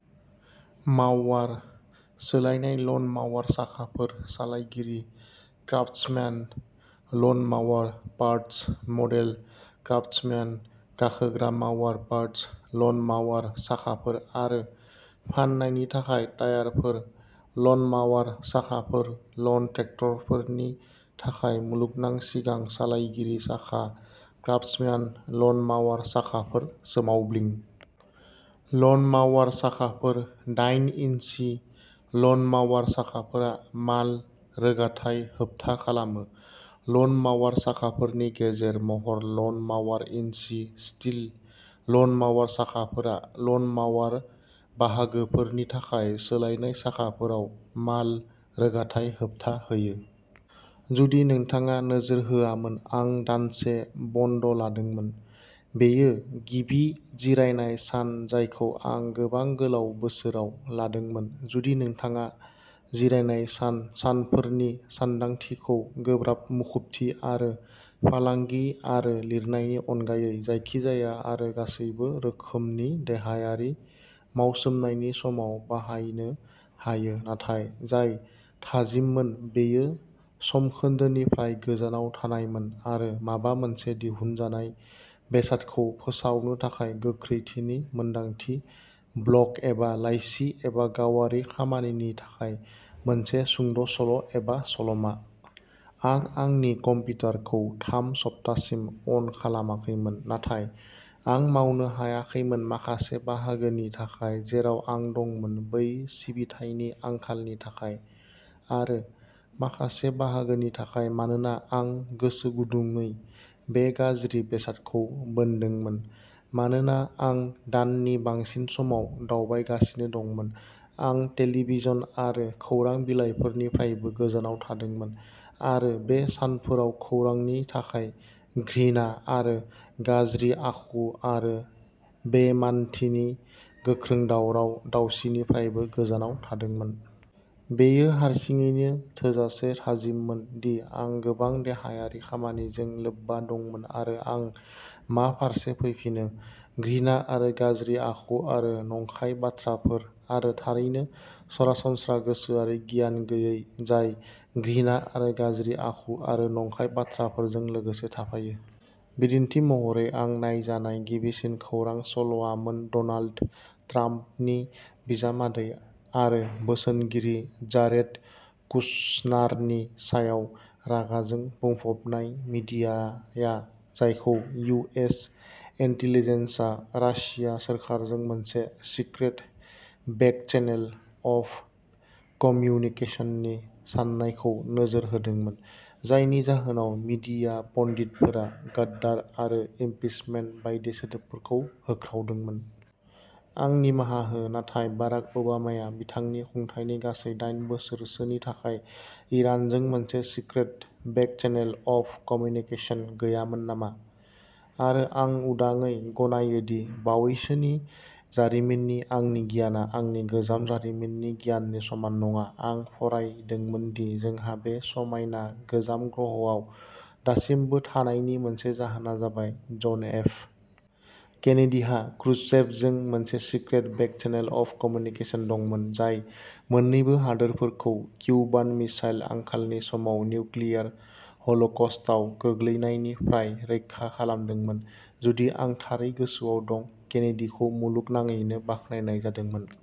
माउवार सोलायनाय लन माउवार साखाफोर सालायगिरि क्राफ्टसम्यान लन माउवार पार्ट्स मडेल क्राफ्टसम्यान गाखोग्रा माउवार पार्ट्स लन माउवार साखाफोर आरो फाननायनि थाखाय टायारफोर। लन माउवार साखाफोर लन ट्रेक्टरफोरनि थाखाय मुलुगनां सिगां सालायगिरि साखा क्राफ्टसम्यान लन माउवार साखाफोर सोमावब्लिं। लन माउवार साखाफोर डाइन इन्सि लन माउवार साखाफोरा माल-रोगाथाय होबथा खालामो। लन माउवार साखाफोरनि गेजेर महर लन माउवार इन्चि स्टील लन माउवार साखाफोरा लन माउवार बाहागोफोरनि थाखाय सोलायनाय साखाफोराव माल रोगाथाय होबथा होयो। जुदि नोंथाङा नोजोर होआमोन आं दानसे बन्द लादोंमोन। बेयो गिबि जिरायनाय सान जायखौ आं गोबां गोलाव बोसोराव लादोंमोन जुदि नोंथाङा जिरायनाय सान सानफोरनि सानदांथिखौ गोब्राब मुखुबथि आरो फालांगि आरो लिरनायनि अनगायै जायखिजाया आरो गासैबो रोखोमनि देहायारि मावसोमनायनि समाव बाहायनो हायो नाथाय जाय थाजिममोन बेयो समखोन्दोनिफ्राय गोजानाव थानायमोन आरो माबा मोनसे दिहुनजानाय बेसादखौ फोसावनो थाखाय गोख्रैथिनि मोनदांथि ब्लग एबा लाइसि एबा गावारि खामानिनि थाखाय मोनसे सुंद'सल' एबा सल'मा। आं आंनि कमप्युटारखौ थाम सप्तासिम अन खालामाखैमोन नाथाय आं मावनो हायाखैमोन माखासे बाहागोनि थाखाय जेराव आं दंमोन बै सिबिथायनि आंखालनि थाखाय, आरो माखासे बाहागोनि थाखाय मानोना आं गोसोगुदुंयै बे गाज्रि बेसादखौ बोनदोंमोन। मानोना आं दाननि बांसिन समाव दावबायगासिनो दंमोन, आं टेलिभिजन आरो खौरां बिलाइफोरनिफ्रायबो गोजानाव थादोंमोन आरो बे सानफोराव खौरांनि थाखाय घृणा आरो गाज्रि आखु आरो बेइमानथिनि गोख्रों दावराव दावसिनिफ्रायबो गोजानाव थादोंमोन। बेयो हारसिङैनो थोजासे थाजिममोन दि आं गोबां देहायारि खामानिजों लोब्बा दंमोन आरो आं मा फारसे फैफिनो? घृणा आरो गाज्रि आखु आरो नंखाय बाथ्राफोर आरो थारैनो सरासनस्रा गोसोआरि गियान गैयै जाय घृणा आरो गाज्रि आखु आरो नंखाय बाथ्राफोरजों लोगोसे थाफायो। बिदिन्थि महरै आं नायजानाय गिबिसिन खौरां सल'आमोन डनाल्ड ट्राम्पनि बिजामादै आरो बोसोनगिरि जारेड कुशनारनि सायाव रागाजों बुंफबनाय मिडियाया जायखौ इउ. एस. इन्टेलिजेन्सआ रासिया सोरखारजों मोनसे "सिक्रेट" बेक चेनेल अफ कम्युनिकेशननि साननायखौ नोजोर होदोंमोन, जायनि जाहोनाव मीडिया पन्डितफोरा "गद्दार" आरो "इम्पिचमेन्ट" बायदि सोदोबफोरखौ होख्रावदोंमोन। आं निमाहा हो नाथाय बाराक ओबामाया बिथांनि खुंथायनि गासै दाइन बोसोरसोनि थाखाय इरानजों मोनसे secret back channel of communication गैयामोन नामा? आरो आं उदाङै गनायो दि बावैसोनि जारिमिननि आंनि गियानआ आंनि गोजाम जारिमिननि गियाननि समान नङा आं फरायदोंमोन दि जोंहा बे समायना गोजाम ग्रहआव दासिमबो थानायनि मोनसे जाहोना जाबाय जन एफ. केनेडीहा क्रुश्चेभजों मोनसे secret back channel of communication दंमोन जाय मोन्नैबो हादोरफोरखौ किउबान मिसाइल आंखालनि समाव निउक्लियार ह'लक'स्टआव गोग्लैनायनिफ्राय रैखा खालामदोंमोन। जुदि आं थारै गोसोआव दं, केनेडीखौ मुलुगनाङैनो बाख्नायनाय जादोंमोन।